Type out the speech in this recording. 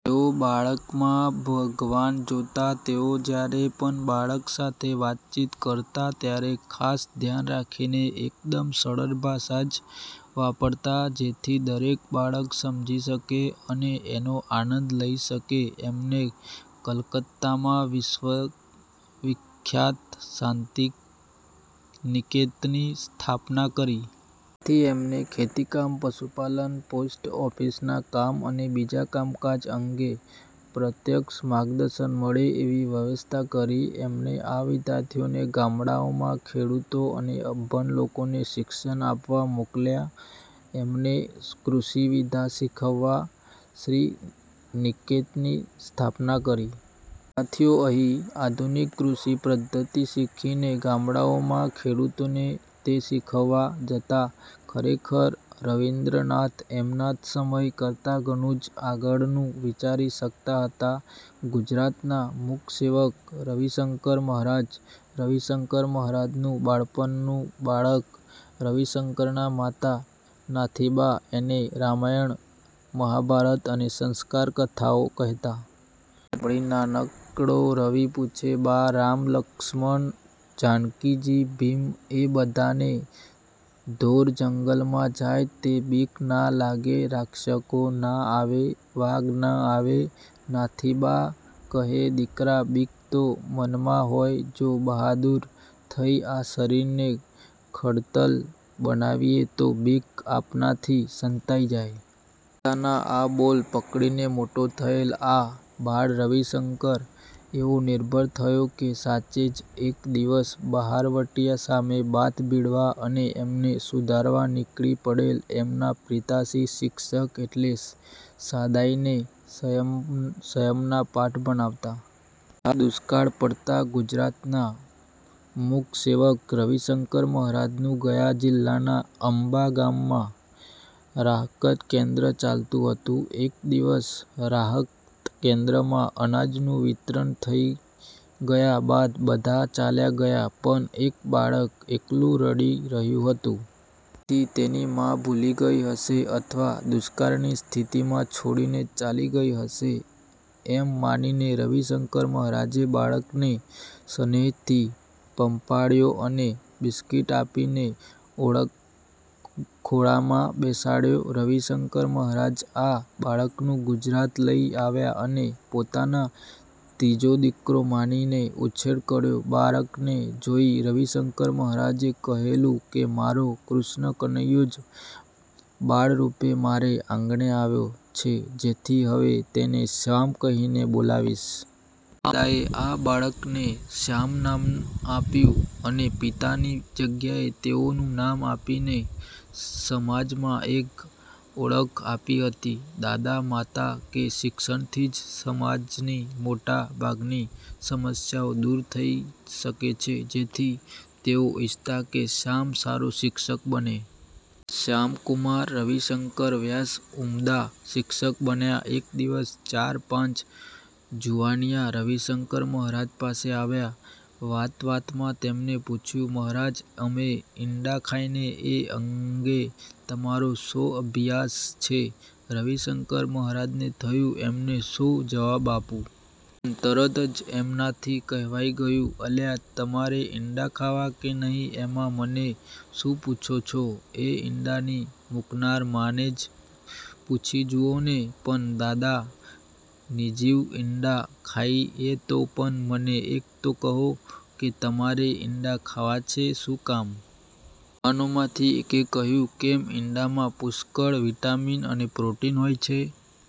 તેઓ બાળકમાં ભગવાન જોતા. તેઓ જયારે પણ બાળકો સાથે વાતચીત કરતા ત્યારે ખાસ ધ્યાન રાખીને એકદમ સરળ ભાષા જ વાપરતા જેથી દરેક બાળક સમજી શકે અને એનો આનંદ લઇ શકે. એમણે કલકત્તામાં વિશ્વવિખ્યાત શાંતિનિકેતનની સ્થાપના કરી. આથી એમણે ખેતીકામ, પશુપાલન, પોસ્ટ ઓફિસના કામ અને બીજા કામકાજ અંગે પ્રત્યક્ષ માર્ગદર્શન મળે એવી વ્યવસ્થા કરી. એમણે આ વિદ્યાર્થીઓને ગામડાંઓમાં ખેડૂતો અને અભણ લોકોને શિક્ષણ આપવા મોકલ્યા. એમણે કૃષિવિદ્યા શીખવવા શ્રીનિકેતનની સ્થાપના કરી. વિદ્યાર્થીઓ અહીં આધુનિક કૃષિ પદ્ધતિ શીખીને ગામડાંઓમાં ખેડૂતોને તે શીખવવા જતા. ખરેખર રવિન્દ્રનાથ એમના સમય કરતાં ઘણું જ આગળનું વિચારી શકતા હતા! ગુજરાતના મૂકસેવક રવિશંકર મહારાજ રવિશંકર મહારાજનું બાળપણ બાળક રવિશંકરના માતા નાથીબા એને રામાયણ, મહાભારત અને સંસ્કાર કથાઓ કહેતા. આ વાતો સાંભળી નાનકડો રવિ પૂછે,"બા, રામ, લક્ષ્મણ, જાનકીજી, ભીમ એ બધાને ઘોર જંગલમાં જાય તે બીક ના લાગે? રાક્ષસો ના આવે? વાઘ ના આવે? " નાથીબા કહે,"દીકરા બીક તો મનમાં હોય, જો બહાદૂર થઈ આ શરીરને ખડતલ બનાવીએ તો બીક આપણાથી સંતાઈ જાય. " માતાના આ બોલ પકડીને મોટો થયેલ આ બાળ રવિશંકર એવો નિર્ભય થયો કે, સાચે જ એક દિવસ બહારવટિયા સામે બાથ ભીડવા અને એમને સુધારવા નીકળી પડેલ. એમના પિતાશ્રી શિક્ષક એટલે સાદાઈ ને સંયમના પાઠ ભણાવતા. બિહારમાં દુષ્કાળ પડતાં ગુજરાતના મૂકસેવક રવિશંકર મહારાજ નું ગયા જિલ્લાના અંબા ગામમાં રાહતકેન્દ્ર ચાલતું હતું. એક દિવસ રાહતકેન્દ્રમાં અનાજનું વિતરણ થઇ ગયા બાદ બધા ચાલ્યા ગયાં પણ એક બાળક એકલું રડી રહ્યું હતું. જેથી તેની મા ભૂલી ગઇ હશે અથવા દુષ્કાળની સ્થિતિમાં છોડીને ચાલી ગઇ હશે એમ માનીને રવિશંકર મહારાજે બાળકને સ્નેહથી પંપાળ્યો અને બિસ્કિટ આપીને ખોળામાં બેસાડ્યો. રવિશંકર મહારાજ આ બાળકને ગુજરાત લઇ આવ્યા અને પોતાના ત્રીજો દિકરો માનીને ઉછેર કર્યો બાળકને જોઇને રવિશંકર મહારાજે કહેલું કે મારો કૃષ્ણકનૈયો જ બાળરૂપે મારે આંગણે આવ્યો છે જેથી હવે તેને શ્યામ કહીને બોલાવીશ. આમ દાદાએ આ બાળકને શ્યામ નામ આપ્યું અને પિતાની જગ્યાએ તેઓનું નામ આપીને સમાજમાં એક ઓળખ આપી હતી. દાદા માનતા કે શિક્ષણથી જ સમાજની મોટા ભાગની સમસ્યાઓ દૂર થઇ શકે છે. જેથી તેઓ ઇચ્છતા કે શ્યામ સારો શિક્ષક બને. આ શ્યામકુમાર રવિશંકર વ્યાસ ઉમદા શિક્ષક બન્યા. એક દિવસ ચાર-પાંચ જુવાનિયા રવિશંકર મહારાજ પાસે આવ્યા. વાતવાતમાં તેમણે પૂછ્યું: 'મહારાજ, અમે ઈંડાં ખાઈએ તે અંગે તમારો શો અભિપ્રાય છે? ' રવિશંકર મહારાજને થયું: 'એમને શો જવાબ આપું? પણ તરત જ એમનાથી કહેવાઈ ગયું: 'અલ્યા, તમારે ઈંડાં ખાવાં કે નહિ એમાં મને શું પૂછો છો? – એ ઈંડાંની મૂકનાર માને જ પૂછી જુવોને! ' 'પણ દાદા, નિર્જીવ ઈંડાં ખાઈએ તો? ' 'પણ, મને એ તો કહો કે તમારે ઈંડાં ખાવાં છે શું કામ? ' યુવાનોમાંથી એકે કહ્યું: 'કેમ? ઈંડાંમાં પુષ્કળ વિટામીન અને પ્રોટીન હોય છે.